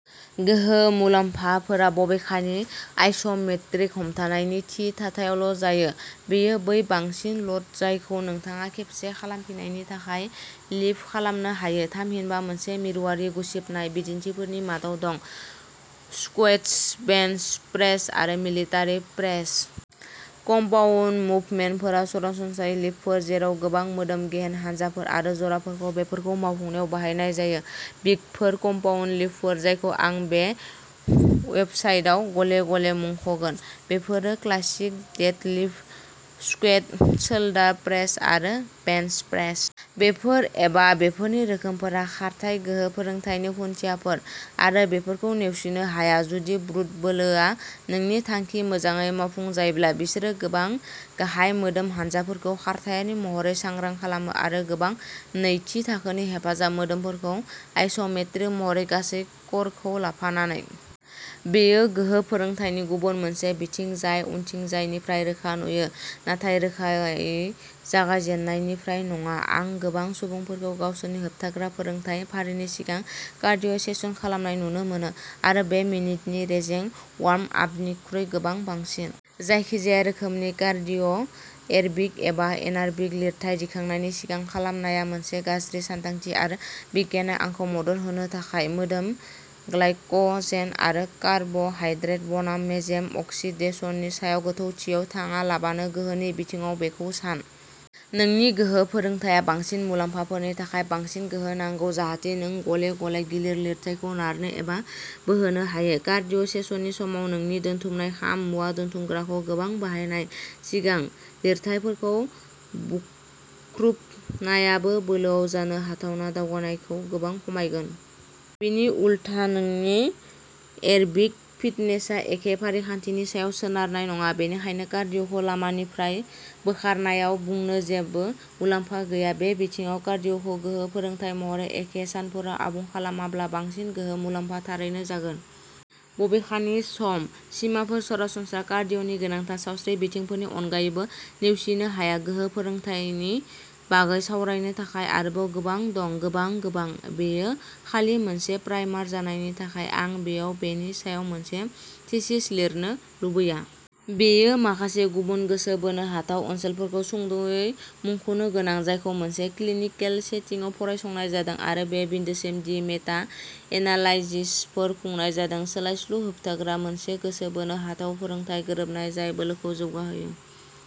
गोहो मुलाम्फाफोरा बबेखानि आइस'मेट्रिक हमथानायनि थि थाथायावल' जायो। बेयो बै बांसिन ल'ड जायखौ नोंथाङा खेबसे खालामफिननायनि थाखाय लिफ्ट खालामनो हायो, थामहिनबा मोनसे मिरुआरि गुसेबनाय। बिदिन्थिफोरनि मादाव दं स्क्वेट्स, बेन्च प्रेस आरो मिलिटारि प्रेस। कम्पाउन्ड मुभमेन्टफोरा सरासनस्रायै लिफ्टफोर, जेराव गोबां मोदोम गेहेन हानजाफोर आरो जराफोरखौ बेफोरखौ मावफुंनायाव बाहायनाय जायो। बिग फोर कम्पाउन्ड लिफ्टफोर जायखौ आं बे वेबसाइटआव गले गले मुंखगोन बेफोरो classic deadlift, squat, shoulder press आरो बेन्च प्रेस। बेफोर, एबा बेफोरनि रोखोमफोरा, खारथाइ गोहो फोरोंथायनि खुन्थियाफोर, आरो बेफोरखौ नेवसिनो हाया। जुदि ब्रुट बोलोआ नोंनि थांखि। मोजाङै मावफुंजायोब्ला, बिसोरो गोबां गाहाय मोदोम हानजाफोरखौ खारथायारि महरै सांग्रां खालामो, आरो गोबां नैथि थाखोनि हेफाजाब मोदोमफोरखौ आइस'मेट्रिक महरै, गासै क'रखौ लाफानानै। बेयो गोहो फोरोंथायनि गुबुन मोनसे बिथिं जाय उनथिंजायनिफ्राय रोखा नुयो नाथाय रोखायै जागायजेननायनिफ्राय नङा। आं गोबां सुबुंफोरखौ गावसोरनि होबथाग्रा फोरोंथाय फारिनि सिगां कार्डिय' सेसन खालामनाय नुनो मोनो, आरो बा मिनिटनि रेजें वार्मआपनिख्रुइ गोबां बांसिन। जायखिजाया रोखोमनि कार्डिय', एरबिक एबा एनारबिक, लिरथाय दिखांनायनि सिगां खालामनाया मोनसे गाज्रि सानदांथि, आरो बिगियानआ आंखौ मदद होनो थाखाय दं। मोदोम ग्लाइक'जेन आरो कार्ब'हाइड्रेट बनाम मेजेम अक्सिडेशननि सायाव गोथौथियाव थाङालाबानो, गोहोनि बिथिङाव बेखौ सान। नोंनि गोहो फोरोंथाया बांसिन मुलाम्फाफोरनि थाखाय बांसिन गोहो नांगौ, जाहाथे नों गले गले गिलिर लिरथायखौ नारनो एबा बोहोनो हायो। कार्डिय' सेसननि समाव नोंनि दोनथुमनाय खाम मुवा दोनथुमग्राखौ गोबां बाहायनाय, सिगां। लिरथायफोरखौ बुख्रुबनायाबो, बोलोआव जानो हाथावना दावगानायखौ गोबां खमायगोन। बिनि उलथा, नोंनि एरबिक फिटनेसआ एखे फारिखान्थिनि सायाव सोनारनाय नङा, बेनिखायनो "कार्डिय'खौ लामानिफ्राय बोखारनाय" आव बुंनो जेबो मुलाम्फा गैया। बे बिथिङाव, कार्डिय'खौ गोहो फोरोंथाय महरै एखे सानफोराव आबुं खालामाब्ला बांसिन गोहो मुलाम्फा थारैनो जागोन। बबेखानि, सम सिमाफोर, सरासनस्रा कार्डिय'नि गोनांथार सावस्रि बिथिंफोरनि अनगायैबो नेवसिनो हाया। गोहो फोरोंथायनि बागै सावरायनो थाखाय आरोबाव गोबां दं गोबां, गोबां। बेयो खालि मोनसे प्राइमार जानायनि थाखाय, आं बेयाव बेनि सायाव मोनसे थीसिस लिरनो लुबैया। बेयो माखासे गुबुन गोसो बोनो हाथाव ओनसोलफोरखौ सुंद'यै मुंख'नो गोनां जायखौ मोनसे क्लिनिकेल सेटिंआव फरायसंनाय जादों, आरो बे बिन्दोसिम दि मेटा एनालाइसिसफोर खुंनाय जादों। सोलायस्लु होबथाग्रा मोनसे गोसो बोनो हाथाव फोरोंथाय गोरोबनाय जाय बोलोखौ जौगाहोयो।